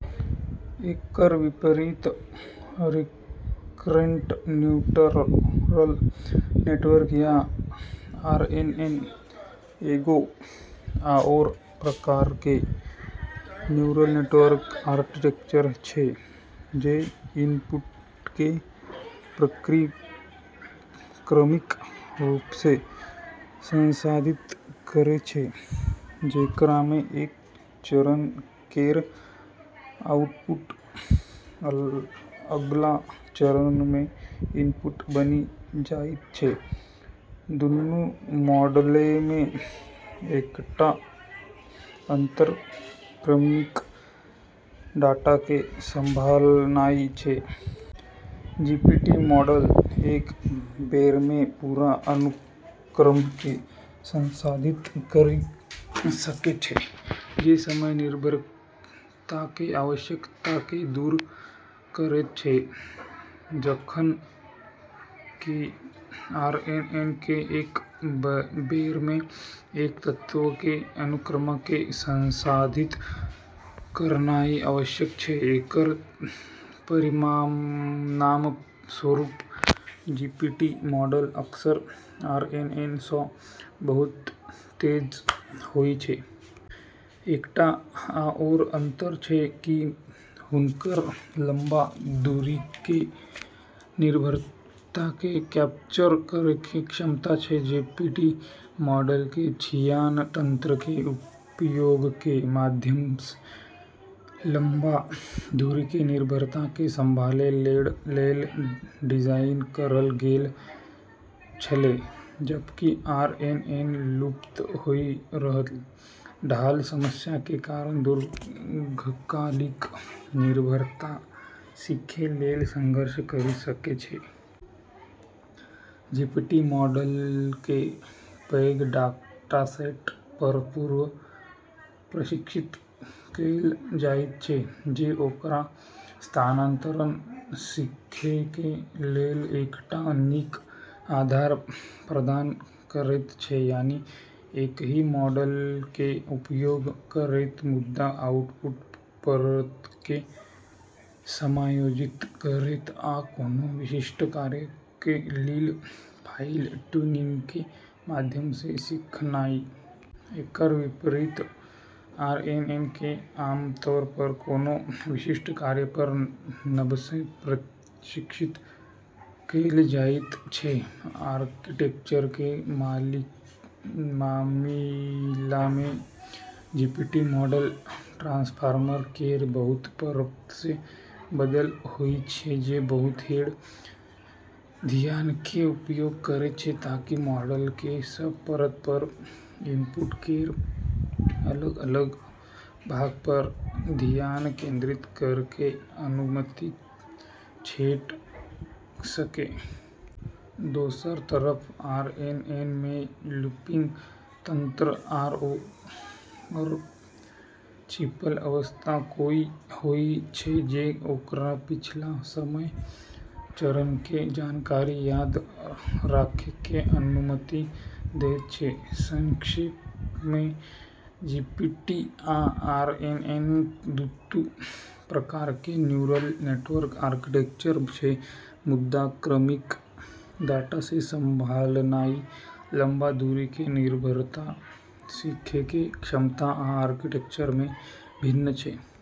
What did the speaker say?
एकर विपरीत, recurrent neural network या RNN एगो आओर प्रकारके न्यूरल नेटवर्क आर्किटेक्चर छै जे इनपुटके क्रमिक रूपसँ संसाधित करै छै, जेकरामे एक चरण केर आउटपुट अगला चरणमे इनपुट बनि जाइत छै। दुन्नू मॉडलमे एकटा अंतर क्रमिक डाटाके संभालनाइ छै। जीपीटी मॉडल एक बेरमे पूरा अनुक्रमके संसाधित करि सकै छै, जे समय निर्भरताके आवश्यकताके दूर करैत छै, जखन कि आरएनएनके एक बेरमे एक तत्वके अनुक्रमके संसाधित करनाइ आवश्यक छै। एकर परिणामस्वरूप जीपीटी मॉडल अक्सर आरएनएनसँ बहुत तेज होइ छै। एकटा आओर अंतर छै कि हुनकर लम्बा दूरीके निर्भरताके कैप्चर करैके क्षमता छै। जीपीटी मॉडलके धियान तंत्रके उपयोगके माध्यमसँ लम्बा दूरीके निर्भरताके संभालै लेल डिजाइन करल गेल छलै, जबकि आरएनएन लुप्त होइ रहल ढाल समस्याके कारण दीर्घकालिक निर्भरता सिखै लेल संघर्ष करि सकै छै। जीपीटी मॉडलके पैघ डाटासेट पर पूर्व प्रशिक्षित कैल जाइत छै, जे ओकरा स्थानांतरण सिखैके लेल एकटा नीक आधार प्रदान करैत छै, यानि, एकहि मॉडलके उपयोग करैत मुदा आउटपुट परतके समायोजित करैत आ कोनो विशिष्ट कार्यके लेल फाइन-ट्यूनिंगके माध्यमसँ सिखनाइ। एकर विपरीत आरएनएनके आमतौर पर कोनो विशिष्ट कार्य पर नबसँ प्रशिक्षित कैल जाइत छै। आर्किटेक्चरके मामिलामे जीपीटी मॉडल ट्रांसफार्मर केर बहुत परतसँ बनल होइ छै जे बहु-हेड धियानके उपयोग करै छै ताकि मॉडलके सब परत पर इनपुट केर अलग-अलग भाग पर धियान केंद्रित करैके अनुमति भेट सकै। दोसर तरफ आरएनएनमे लूपिंग तंत्र आओर छिपल अवस्था होइ छै जे ओकरा पिछला समय चरणके जानकारी याद राखैके अनुमति दैत छै। संक्षेपमे, जीपीटी आ आरएनएन दुन्नू प्रकारके न्यूरल नेटवर्क आर्किटेक्चर छै मुदा क्रमिक डाटाके संभालनाइ, लम्बा दूरीके निर्भरता सिखैके क्षमता, आ आर्किटेक्चरमे भिन्न छै।